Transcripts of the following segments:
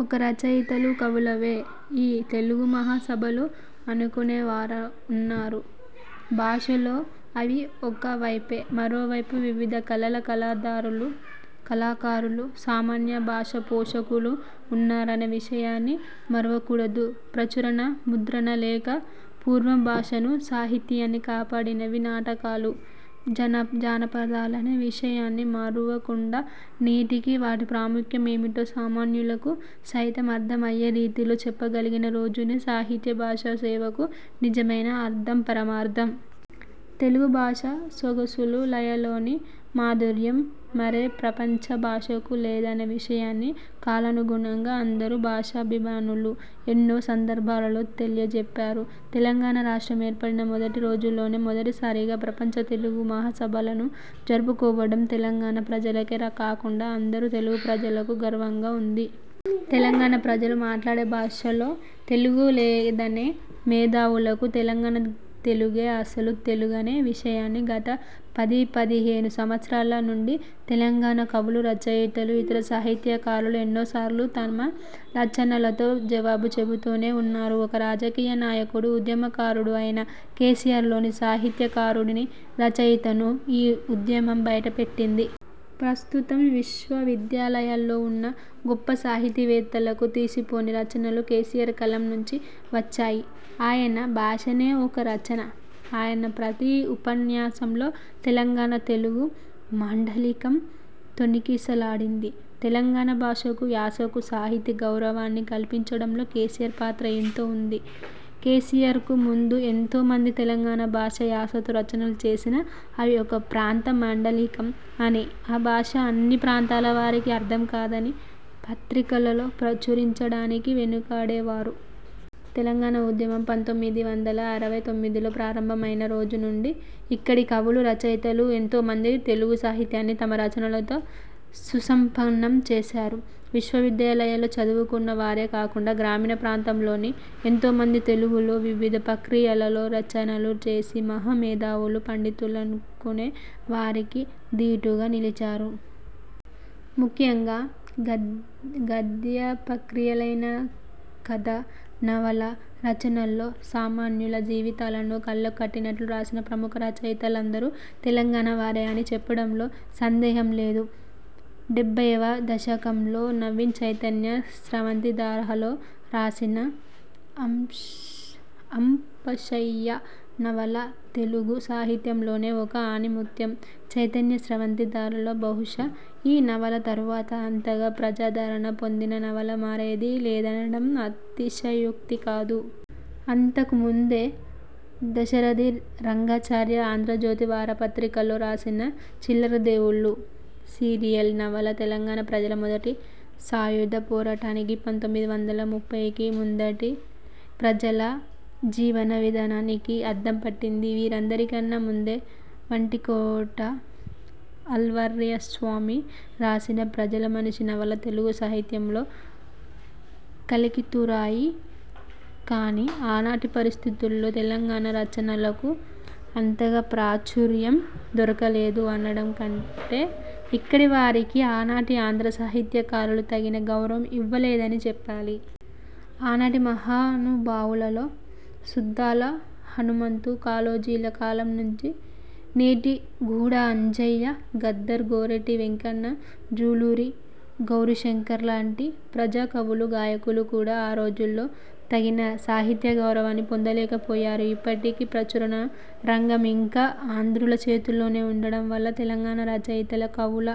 ఒక్క రచయితలూ, కవులవే ఈ తెలుగుమహాసభలు అనుకొనే వారున్నారు. భాషలో అవి ఒక వైపే. మరో వైపు వివిధ కళల కళాకారులు, సామాన్య భాషాపోషకులు ఉన్నారనే విషయాన్ని మరువకూడదు. ప్రచురణ, ముద్రణ లేక పూర్వం భాషనూ, సాహిత్యాన్నీ కాపాడినవి నాటకాలు, జనపదాలనే విషయాన్ని మరువకుండా, నేటికీ వాటి ప్రాముఖ్యం ఏమిటో సామాన్యులకు సైతం అర్థం అయ్యే రీతిలో చెప్పగలిగిన రోజునే సాహిత్య, భాషా సేవకు నిజమైన అర్థం పరమార్థం. తెలుగు భాష సొగసులు, లయలోని మాధుర్యం మరే ప్రపంచ భాషకు లేదనే విషయాన్ని కాలానుగుణంగా అందరు భాషాభిమానులు ఎన్నో సందర్భాలలో తెలియజెప్పారు. తెలంగాణ రాష్ట్రం ఏర్పడిన మొదటి రోజుల్లోనే మొదటిసారిగా ప్రపంచ తెలుగు మహాసభలను జరుపుకోవడం తెలంగాణ ప్రజలకే కాకుండా అందరు తెలుగు ప్రజలకు గర్వంగా ఉంది. తెలంగాణ ప్రజలు మాట్లాడే భాషలో తెలుగు లేదనే మేధావులకు తెలంగాణ తెలుగే అసలు తెలుగనే విషయాన్ని గత పది పదిహేను సంవత్సరాల నుండి తెలంగాణ కవులు, రచయితలు, ఇతర సాహిత్యకారులు ఎన్నోమార్లు తమ రచనలతో జవాబు చెపుతూనే ఉన్నారు. ఒక రాజకీయ నాయకుడు, ఉద్యమకారుడు అయిన కేసీఆర్ లోని సాహిత్యకారుడిని, రచయితను ఈ ఉద్యమం బయటపెట్టింది. ప్రస్తుతం విశ్వవిద్యాలయాల్లో ఉన్న గొప్ప సాహితీవేత్తలకు తీసిపోని రచనలు కేసీఆర్ కలం నుంచి వచ్చాయి. ఆయన భాషనే ఒక రచన. ఆయన ప్రతి ఉపన్యాసంలో తెలంగాణ తెలుగు మాండలీకం తొణికిసలాడింది. తెలంగాణ భాషకు, యాసకు సాహితీ గౌరవాన్ని కల్పించడంలో కేసీఆర్ పాత్ర ఏంతో ఉంది. కేసీఆర్ కు ముందు ఎంతో మంది తెలంగాణ భాష, యాసతో రచనలు చేసినా అవి ఒక ప్రాంత మాడలీకం అనీ, ఆ భాష అన్ని ప్రాంతాలవారికీ అర్థం కాదని పత్రికలలో ప్రచురించడానికి వెనుకాడేవారు. తెలంగాణ ఉద్యమం పంతొమ్మిది వందల అరవై తొమ్మిదిలో ప్రారంభం అయిన రోజు నుంచి ఇక్కడి కవులు, రచయితలు ఎంతోమంది తెలుగు సాహిత్యాన్ని తమ రచనలతో సుసంపన్నం చేసారు. విశ్వవిద్యాలయాలలో చదువుకొన్న వారే కాకుండా గ్రామీణ ప్రాంతాలలోని ఎంతోమంది తెలుగులో వివిధ ప్రక్రియలలో రచనలు చేసి మహా మేధావులు, పండితులమనుకొనే వారికి దీటుగా నిలిచారు. ముఖ్యంగా గద్య ప్రక్రియలైన కథ, నవలా రచనల్లో సామాన్యుల జీవితాలను కళ్ళకు కట్టినట్లు రాసిన ప్రముఖ రచయితలందరూ తెలంగాణవారే అని చెప్పడంలో సందేహం లేదు. డెబ్బైవ దశకంలో నవీన్ చైతన్య స్రవంతి ధారలో రాసిన 'అంపశయ్య' నవల తెలుగు సాహిత్యంలోనే ఒక ఆణిముత్యం. చైతన్యస్రవంతి ధారలో బహుశా ఈ నవల తరువాత అంతగా ప్రజాదరణ పొందిన నవల మరేదీ లేదనడం అతిశయోక్తి కాదు. అంతకుముందే దాశరథి రంగాచార్య ఆంధ్రజ్యోతి వారపత్రికలో రాసిన 'చిల్లరదేవుళ్ళు' సీరియల్ నవల తెలంగాణ ప్రజల మొదటి సాయుధ పోరాటానికీ, పంతొమ్మిది వందల ముప్పైకి ముందటి ప్రజల జీవన విధానానికీ అద్దంపట్టింది. వీరందరికన్నా ముందే వట్టికోట ఆళ్వార్స్వామి రాసిన 'ప్రజలమనిషి' నవల తెలుగు సాహిత్యంలో కలికితురాయి. కాని ఆనాటి పరిస్థితుల్లో తెలంగాణ రచయితలకు అంతగా ప్రాచుర్యం దొరకలేదు అనడం కంటే, ఇక్కడివారికి ఆనాటి ఆంధ్ర సాహిత్యకారులు తగిన గౌరవం ఇవ్వలేదని చెప్పాలి. ఆనాటి మహానుభావులలో సుద్దాల హనుమంతు, కాళోజీల కాలం నుంచి నేటి గూడ అంజయ్య, గద్దర్, గోరటి వెంకన్న, జూలూరు గౌరీశంకర్లాంటి ప్రజా కవులు, గాయకులు కూడా ఆ రోజుల్లో తగిన సాహిత్య గౌరవాన్ని పొందలేకపోయారు. ఇప్పటికీ ప్రచురణ రంగం ఇంకా ఆంధ్రుల చేతుల్లోనే ఉండటం వల్ల తెలంగాణ రచయితల, కవుల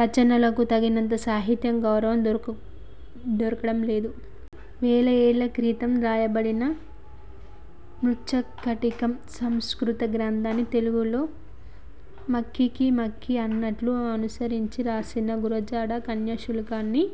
రచనలకు తగినంత సాహిత్య గౌరవం దొరకడం లేదు. వేల ఏళ్ళ క్రితం రాయబడిన 'మృచ్చకటికం' సంస్కృత గ్రంథాన్ని తెలుగులో మక్కికిమక్కి అన్నట్లు అనుసరించి రాసిన గురజాడ కన్యాశుల్కాన్ని